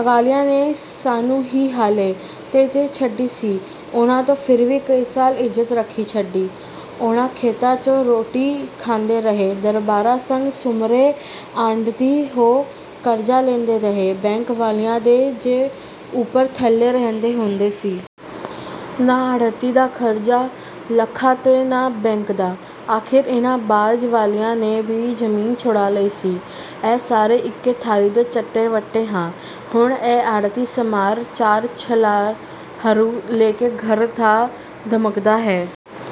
ਅਗਲਿਆਂ ਨੇ ਸਾਨੂੰ ਹੀ ਹਾਲੇ 'ਤੇ ਦੇ ਛੱਡੀ ਸੀ। ਉਨ੍ਹੀਂ ਤਾਂ ਫਿਰ ਵੀ ਕਈ ਸਾਲ ਇੱਜ਼ਤ ਰੱਖੀ ਛੱਡੀ। ਉਨ੍ਹਾਂ ਖੇਤਾਂ ਚੋਂ ਰੋਟੀ ਖਾਂਦੇ ਰਹੇ। ਦਰਬਾਰਾ ਸੁੰਹ ਸਮਰੇ ਆੜ੍ਹਤੀ ਤੋਂ ਕਰਜ਼ਾ ਲੈਂਦੇ ਰਹੇ। ਬੈਂਕ ਵਾਲਿਆਂ ਦੇ ਜੂੰ ਉੱਪਰ ਥੱਲੇ ਕਰਨੇ ਹੁੰਦੇ ਸੀ। ਨਾ ਆੜ੍ਹਤੀ ਦਾ ਕਰਜ਼ਾ ਲੱਥਾ ਤੇ ਨਾ ਬੈਂਕ ਦਾ। ਆਖ਼ਿਰ ਇਨਈਂ ਬਾਜ਼ ਵਾਲਿਆਂ ਨੇ ਵੀ ਜ਼ਮੀਨ ਛੁਡਾ ਲਈ ਸੀ। ਇਹ ਸਾਰੇ ਇਕੋ ਥਾਲੀ ਦੇ ਚੱਟੇ-ਵੱਟੇ ਹਨ। ਹੁਣ ਉਹ ਆੜ੍ਹਤੀ ਸਮਰਾ ਚਾਰ ਛਲਾਰੂ ਲੈ ਕੇ ਘਰ ਆ ਧਮਕਦਾ ਹੈ।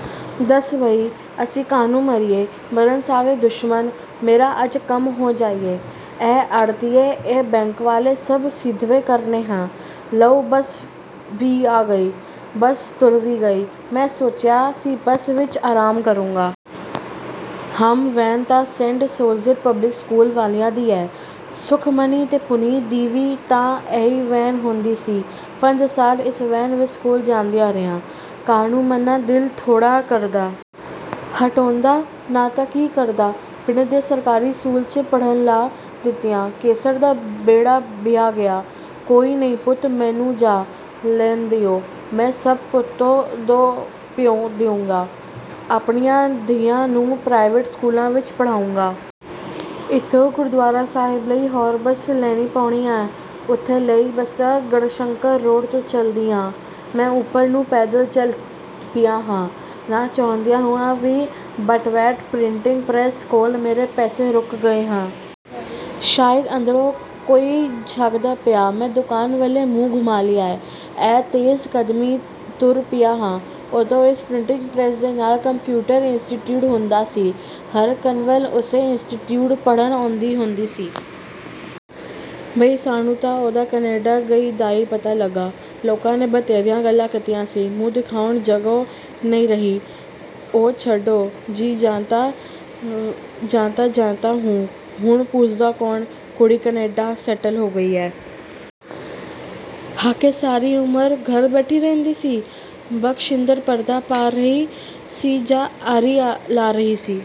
" ਦੱਸ ਬਈ ਅਸੀਂ ਕਾਹਨੂੰ ਮਰੀਏ, ਮਰਨ ਸਾਡੇ ਦੁਸ਼ਮਣ। ਮੇਰਾ ਅੱਜ ਕੰਮ ਹੋ ਜਾਏ। ਇਹ ਆੜ੍ਹਤੀਏ, ਇਹ ਬੈਂਕ ਵਾਲੇ… ਸਭ ਸਿੱਧੇ ਕਰਨੇ ਹਨ। ਲਉ ਬੱਸ ਵੀ ਆ ਗਈ। ਬੱਸ ਤੁਰ ਪਈ ਹੈ। ਮੈਂ ਸੋਚਿਆ ਸੀ-ਬੱਸ ਵਿੱਚ ਆਰਾਮ ਕਰੂੰਗਾ। ਹਾਅ... ਵੈਨ ਤਾਂ ਸੈਂਟ ਸੋਲਜ਼ੀਅਰ ਪਬਲਿਕ ਸਕੂਲ ਵਾਲਿਆਂ ਦੀ ਆ। ਸੁਖਮਣੀ ਤੇ ਪੁਨੀਤ ਦੀ ਵੀ ਤਾਂ ਇਹੀ ਵੈਨ ਹੁੰਦੀ ਸੀ। ਪੰਜ ਸਾਲ ਇਸ ਵੈਨ ਵਿੱਚ ਸਕੂਲ ਜਾਂਦੀਆਂ ਰਹੀਆਂ।… ਕਾਹਨੂੰ ਮਨਾਂ ਦਿਲ ਥੋੜ੍ਹਾ ਕਰਦਾ। ਹਟੌਂਦਾ ਨਾ ਤਾਂ ਕੀ ਕਰਦਾ? ਪਿੰਡ ਦੇ ਸਰਕਾਰੀ ਸਕੂਲ 'ਚ ਪੜ੍ਹਨ ਲਾ ਦਿੱਤੀਆਂ। ਕੇਸਰ ਦਾ ਬੇੜਾ ਬਹਿ ਗਿਆ। ਕੋਈ ਨਈਂ ਪੁੱਤ, ਮੈਨੂੰ ਜਾ ਲੈਣ ਦਿਓ। ਮੈਂ ਸਭ ਧੋਣੇ ਧੋ ਦਿਆਂਗਾ। ਆਪਣੀਆਂ ਧੀਆਂ ਨੂੰ ਪ੍ਰਾਈਵੇਟ ਸਕੂਲਾਂ ਵਿੱਚ ਪੜ੍ਹਾਊਂਗਾ। ਇਥੋਂ ਗੁਰਦੁਆਰਾ ਸਾਹਿਬ ਲਈ ਹੋਰ ਬੱਸ ਲੈਣੀ ਪੈਣੀ ਆ। ਉਥੇ ਲਈ ਬੱਸਾਂ ਗੜ੍ਹਸ਼ੰਕਰ ਰੋਡ ਤੋਂ ਚਲਦੀਆਂ ਹਨ। ਮੈਂ ਉੱਧਰ ਨੂੰ ਪੈਦਲ ਚੱਲ ਪਿਆ ਹਾਂ।… ਨਾ ਚਾਹੁੰਦਿਆਂ ਹੋਇਆਂ ਵੀ ਬਣਵੈਤ ਪ੍ਰਿੰਟਿੰਗ ਪ੍ਰੈੱਸ ਕੋਲ ਮੇਰੇ ਪੈਰ ਰੁਕ ਗਏ ਹਨ। ਸ਼ਾਇਦ ਅੰਦਰੋਂ ਕੋਈ ਝਾਕਦਾ ਪਿਆ। ਮੈਂ ਦੁਕਾਨ ਵੱਲੋਂ ਮੂੰਹ ਘੁਮਾ ਲਿਆ ਏ।… ਤੇ ਤੇਜ਼ ਕਦਮੀਂ ਤੁਰ ਪਿਆ ਆਂ। ਉਦੋਂ ਇਸ ਪ੍ਰਿੰਟਿੰਗ ਨਾਲ ਕੰਪਿਊਟਰ ਇੰਸਟੀਚਿਊਟ ਹੁੰਦਾ ਸੀ। ਹਰਕੰਵਲ ਉਸੇ ਇੰਸਟੀਚਿਊਟ ਪੜ੍ਹਨ ਆਉਂਦੀ ਹੁੰਦੀ ਸੀ। ਬਈ ਸਾਨੂੰ ਤਾਂ ਉਹਦਾ ਕਨੈਡਾ ਗਈ ਦਾ ਈ ਪਤਾ ਲੱਗਾ। ਲੋਕਾਂ ਨੇ ਬਥੇਰੀਆਂ ਗੱਲਾਂ ਕੀਤੀਆਂ ਸੀ। ਮੂੰਹ ਦਿਖਾਉਣ ਜੋਗੇ ਨਈਂ ਸੀ ਰਹੇ। "ਉਹ ਛੱਡੋ ਜੀ ਜਾਤਾਂ ਜੂਤਾਂ ਨੂੰ। ਹੁਣ ਕੌਣ ਪੁੱਛਦਾ? ਕੁੜੀ ਕਨੈਡਾ ਸੈਟਲ ਹੋ ਗਈ। ਹੈਥੇ ਸਾਰੀ ਉਮਰ ਘਰ ਬੈਠੀ ਰਹਿਣੀ ਸੀ। " ਬਖਸ਼ਿੰਦਰ ਪਰਦਾ ਪਾ ਰਹੀ ਸੀ ਜਾਂ ਆਰੀ ਲਾ ਰਹੀ ਸੀ।